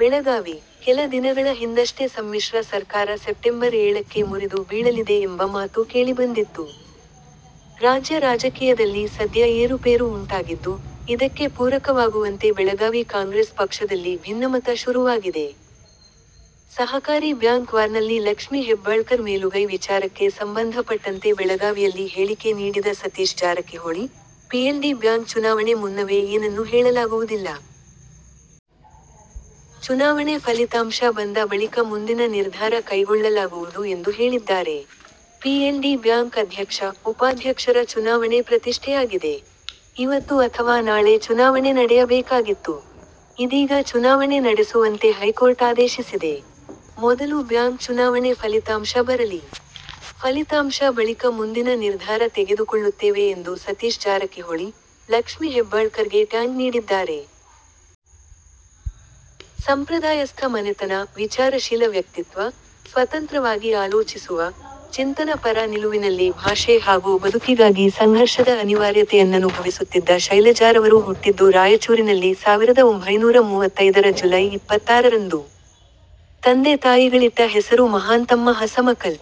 ಬೆಳಗಾವಿ: ಕೆಲ ದಿನಗಳ ಹಿಂದಷ್ಟೇ ಸಮ್ಮಿಶ್ರ ಸರ್ಕಾರ ಸೆಪ್ಟೆಂಬರ್ ಏಳಕ್ಕೆ ಮುರಿದು ಬೀಳಲಿದೆ ಎಂಬ ಮಾತು ಕೇಳಿಬಂದಿತ್ತು. ರಾಜ್ಯ ರಾಜಕೀಯದಲ್ಲಿ ಸದ್ಯ ಏರುಪೇರು ಉಂಟಾಗಿದ್ದು, ಇದಕ್ಕೆ ಪೂರಕವಾಗುವಂತೆ ಬೆಳಗಾವಿ ಕಾಂಗ್ರೆಸ್ ಪಕ್ಷದಲ್ಲಿ ಭಿನ್ನಮತ ಶುರುವಾಗಿದೆ. ಸಹಕಾರಿ ಬ್ಯಾಂಕ್ ವಾರ್ನಲ್ಲಿ ಲಕ್ಷ್ಮಿ ಹೆಬ್ಬಾಳ್ಕರ್ ಮೇಲುಗೈ ವಿಚಾರಕ್ಕೆ ಸಂಬಂಧಪಟ್ಟಂತೆ ಬೆಳಗಾವಿಯಲ್ಲಿ ಹೇಳಿಕೆ ನೀಡಿದ ಸತೀಶ್ ಜಾರಕಿಹೊಳಿ, ಪಿಎಲ್ಡಿ ಬ್ಯಾಂಕ್ ಚುನಾವಣೆ ಮುನ್ನವೇ ಏನನ್ನು ಹೇಳಲಾಗುವುದಿಲ್ಲ. ಚುನಾವಣೆ ಫಲಿತಾಂಶ ಬಂದ ಬಳಿಕ ಮುಂದಿನ ನಿರ್ಧಾರ ಕೈಗೊಳ್ಳಲಾಗುವುದು ಎಂದು ಹೇಳಿದ್ದಾರೆ. ಪಿಎಲ್ಡಿ ಬ್ಯಾಂಕ್ ಅಧ್ಯಕ್ಷ, ಉಪಾಧ್ಯಕ್ಷರ ಚುನಾವಣೆ ಪ್ರತಿಷ್ಠೆಯಾಗಿದೆ. ಇವತ್ತು ಅಥವಾ ನಾಳೆ ಚುನಾವಣೆ ನಡೆಯಬೇಕಾಗಿತ್ತು. ಇದೀಗ ಚುನಾವಣೆ ನಡೆಸುವಂತೆ ಹೈಕೋರ್ಟ್ ಆದೇಶಿಸಿದೆ. ಮೊದಲು ಬ್ಯಾಂಕ್ ಚುನಾವಣೆ ಫಲಿತಾಂಶ ಬರಲಿ. ಫಲಿತಾಂಶ ಬಳಿಕ ಮುಂದಿನ ನಿರ್ಧಾರ ತೆಗೆದುಕೊಳ್ಳುತ್ತೇವೆ ಎಂದು ಸತೀಶ್ ಜಾರಕಿಹೊಳಿ, ಲಕ್ಷ್ಮಿ ಹೆಬ್ಬಾಳ್ಕರ್ಗೆ ಟಾಂಗ್ ನೀಡಿದ್ದಾರೆ. ಸಂಪ್ರದಾಯಸ್ಥ ಮನೆತನ, ವಿಚಾರಶೀಲ ವ್ಯಕ್ತಿತ್ವ, ಸ್ವತಂತ್ರವಾಗಿ ಆಲೋಚಿಸುವ, ಚಿಂತನ ಪರ ನಿಲುವಿನಲ್ಲಿ ಭಾಷೆ ಹಾಗೂ ಬದುಕಿಗಾಗಿ ಸಂಘರ್ಷದ ಅನಿವಾರ್ಯತೆಯನ್ನನುಭವಿಸುತ್ತಿದ್ದ ಶೈಲಜಾರವರು ಹುಟ್ಟಿದ್ದು ರಾಯಚೂರಿನಲ್ಲಿ ಸಾವಿರದ ಒಂಭೈನೂರ ಮೂವತ್ತೈದರ ಜುಲೈ ಇಪ್ಪತ್ತಾರರಂದು. ತಂದೆ ತಾಯಿಗಳಿಟ್ಟ ಹೆಸರು ಮಹಾಂತಮ್ಮ ಹಸಮಕಲ್.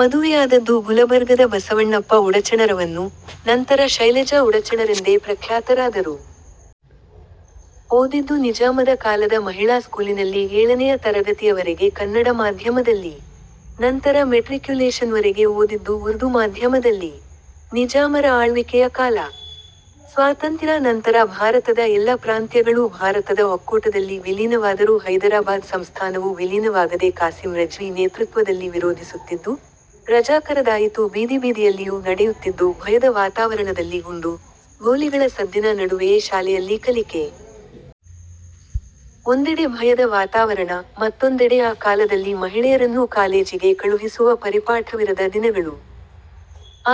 ಮದುವೆಯಾದದ್ದು ಗುಲಬರ್ಗದ ಬಸವಣ್ಣಪ್ಪ ಉಡಚಣರವನ್ನು, ನಂತರ ಶೈಲಜಾ ಉಡಚಣರೆಂದೇ ಪ್ರಖ್ಯಾತರಾದರು. ಓದಿದ್ದು ನಿಜಾಮದ ಕಾಲದ ಮಹಿಳಾ ಸ್ಕೂಲಿನಲ್ಲಿ ಏಳನೆಯ ತರಗತಿಯವರೆಗೆ ಕನ್ನಡ ಮಾಧ್ಯಮದಲ್ಲಿ. ನಂತರ ಮೆಟ್ರಿಕ್ಯುಲೇಷನ್ವರೆಗೆ ಓದಿದ್ದು ಉರ್ದು ಮಾಧ್ಯಮದಲ್ಲಿ. ನಿಜಾಮರ ಆಳ್ವಿಕೆಯ ಕಾಲ. ಸ್ವಾತಂತ್ಯ್ರಾ ನಂತರ ಭಾರತದ ಎಲ್ಲ ಪ್ರಾಂತ್ಯಗಳೂ ಭಾರತದ ಒಕ್ಕೂಟದಲ್ಲಿ ವಿಲೀನವಾದರೂ ಹೈದರಾಬಾದ್ ಸಂಸ್ಥಾನವು ವಿಲೀನವಾಗದೆ ಕಾಸಿಮ್ ರಜ್ವಿ ನೇತೃತ್ವದಲ್ಲಿ ವಿರೋಧಿಸುತ್ತಿದ್ದು, ರಜಾಕರದಾಯಿತು ಬೀದಿಬೀದಿಯಲ್ಲಿಯೂ ನಡೆಯುತ್ತಿದ್ದು ಭಯದ ವಾತಾವರಣದಲ್ಲಿ ಗುಂಡು, ಗೋಲಿಗಳ ಸದ್ದಿನ ನಡುವೆಯೇ ಶಾಲೆಯಲ್ಲಿ ಕಲಿಕೆ. ಒಂದೆಡೆ ಭಯದ ವಾತಾವರಣ, ಮತ್ತೊಂದೆಡೆ ಆ ಕಾಲದಲ್ಲಿ ಮಹಿಳೆಯರನ್ನೂ ಕಾಲೇಜಿಗೆ ಕಳುಹಿಸುವ ಪರಿಪಾಠವಿರದ ದಿನಗಳು.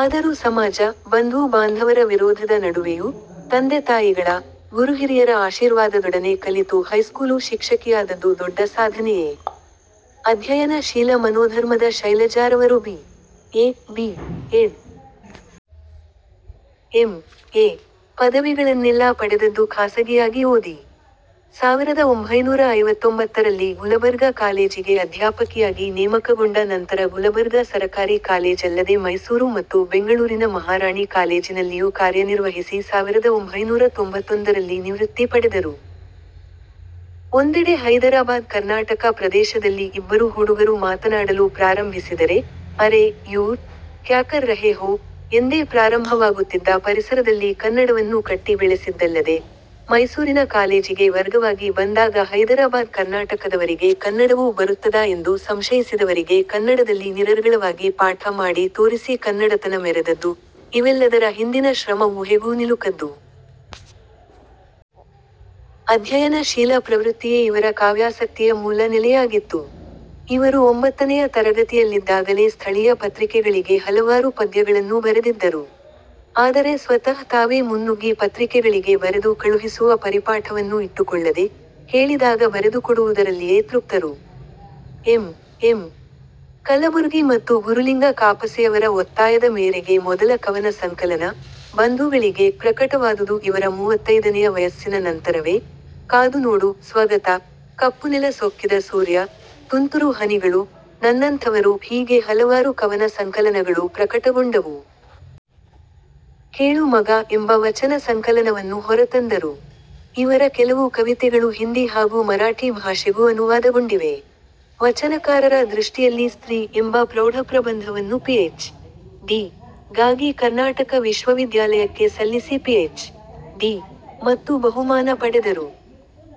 ಆದರೂ ಸಮಾಜ, ಬಂಧು ಬಾಂಧವರ ವಿರೋಧದ ನಡುವೆಯೂ, ತಂದೆತಾಯಿಗಳ, ಗುರುಹಿರಿಯರ ಆಶೀರ್ವಾದದೊಡನೆ ಕಲಿತು ಹೈಸ್ಕೂಲು ಶಿಕ್ಷಕಿಯಾದದ್ದು ದೊಡ್ಡ ಸಾಧನೆಯೆ. ಅಧ್ಯಯನ ಶೀಲ ಮನೋಧರ್ಮದ ಶೈಲಜಾರವರು B. A., B. Ed., M. A. ಪದವಿಗಳನ್ನೆಲ್ಲಾ ಪಡೆದದ್ದು ಖಾಸಗಿಯಾಗಿ ಓದಿ. ಸಾವಿರದ ಒಂಭೈನೂರ ಐವತ್ತೊಂಬತ್ತರಲ್ಲಿ ಗುಲಬರ್ಗಾ ಕಾಲೇಜಿಗೆ ಅಧ್ಯಾಪಕಿಯಾಗಿ ನೇಮಕಗೊಂಡ ನಂತರ ಗುಲಬರ್ಗಾ ಸರಕಾರಿ ಕಾಲೇಜ್ ಅಲ್ಲದೆ ಮೈಸೂರು ಮತ್ತು ಬೆಂಗಳೂರಿನ ಮಹಾರಾಣಿ ಕಾಲೇಜಿನಲ್ಲಿಯೂ ಕಾರ್ಯನಿರ್ವಹಿಸಿ ಸಾವಿರದ ಒಂಭೈನೂರ ತೊಂಬತ್ತೊಂದರಲ್ಲಿ ನಿವೃತ್ತಿ ಪಡೆದರು. ಒಂದೆಡೆ ಹೈದರಾಬಾದ್ ಕರ್ನಾಟಕ ಪ್ರದೇಶದಲ್ಲಿ ಇಬ್ಬರು ಹುಡುಗರು ಮಾತನಾಡಲು ಪ್ರಾರಂಭಿಸಿದರೆ 'ಅರೆ, ಯೂರ್, ಕ್ಯಾಕರ್ ರಹೆ ಹೋ' ಎಂದೇ ಪ್ರಾರಂಭವಾಗುತ್ತಿದ್ದ ಪರಿಸರದಲ್ಲಿ ಕನ್ನಡವನ್ನೂ ಕಟ್ಟಿ ಬೆಳೆಸಿದ್ದಲ್ಲದೆ, ಮೈಸೂರಿನ ಕಾಲೇಜಿಗೆ ವರ್ಗವಾಗಿ ಬಂದಾಗ ಹೈದರಾಬಾದ್ ಕರ್ನಾಟಕದವರಿಗೆ ಕನ್ನಡವೂ ಬರುತ್ತದಾ ಎಂದು ಸಂಶಯಿಸಿದವರಿಗೆ ಕನ್ನಡದಲ್ಲಿ ನಿರರ್ಗಳವಾಗಿ ಪಾಠ ಮಾಡಿ ತೋರಿಸಿ ಕನ್ನಡತನ ಮೆರೆದದ್ದು, ಇವೆಲ್ಲದರ ಹಿಂದಿನ ಶ್ರಮ ಊಹೆಗೂ ನಿಲುಕದ್ದು. ಅಧ್ಯಯನ ಶೀಲ ಪ್ರವೃತ್ತಿಯೇ ಇವರ ಕಾವ್ಯಾಸಕ್ತಿಯ ಮೂಲ ನೆಲೆಯಾಗಿತ್ತು. ಇವರು ಒಂಬತ್ತನೆಯ ತರಗತಿಯಲ್ಲಿದ್ದಾಗಲೇ ಸ್ಥಳೀಯ ಪತ್ರಿಕೆಗಳಿಗೆ ಹಲವಾರು ಪದ್ಯಗಳನ್ನೂ ಬರೆದಿದ್ದರು. ಆದರೆ ಸ್ವತಃ ತಾವೇ ಮುನ್ನುಗ್ಗಿ ಪತ್ರಿಕೆಗಳಿಗೆ ಬರೆದು ಕಳುಹಿಸುವ ಪರಿಪಾಠವನ್ನೂ ಇಟ್ಟುಕೊಳ್ಳದೆ, ಕೇಳಿದಾಗ ಬರೆದುಕೊಡುವುದರಲ್ಲಿಯೇ ತೃಪ್ತರು. ಎಂ.ಎಂ.ಕಲಬುರ್ಗಿ ಮತ್ತು ಗುರುಲಿಂಗ ಕಾಪಸೆಯವರ ಒತ್ತಾಯದ ಮೇರೆಗೆ ಮೊದಲ ಕವನ ಸಂಕಲನ 'ಬಂಧುಗಳಿಗೆ' ಪ್ರಕಟವಾದುದು ಇವರ ಮೂವತ್ತೈದನೆಯ ವಯಸ್ಸಿನ ನಂತರವೇ 'ಕಾದುನೋಡು' 'ಸ್ವಗತ', 'ಕಪ್ಪುನೆಲ ಸೊಕ್ಕಿದ ಸೂರ್ಯ', 'ತುಂತುರು ಹನಿಗಳು', 'ನನ್ನಂಥವರು' ಹೀಗೆ ಹಲವಾರು ಕವನ ಸಂಕಲನಗಳು ಪ್ರಕಟಗೊಂಡವು. 'ಕೇಳು ಮಗಾ' ಎಂಬ ವಚನ ಸಂಕಲನವನ್ನು ಹೊರತಂದರು. ಇವರ ಕೆಲವು ಕವಿತೆಗಳು ಹಿಂದಿ ಹಾಗೂ ಮರಾಠಿ ಭಾಷೆಗೂ ಅನುವಾದಗೊಂಡಿವೆ. 'ವಚನಕಾರರ ದೃಷ್ಟಿಯಲ್ಲಿ ಸ್ತ್ರೀ' ಎಂಬ ಪ್ರೌಢಪ್ರಬಂಧವನ್ನು ಪಿಎಚ್. ಡಿ. ಗಾಗಿ ಕರ್ನಾಟಕ ವಿಶ್ವವಿದ್ಯಾಲಯಕ್ಕೆ ಸಲ್ಲಿಸಿ ಪಿಎಚ್. ಡಿ. ಮತ್ತು ಬಹುಮಾನ ಪಡೆದರು.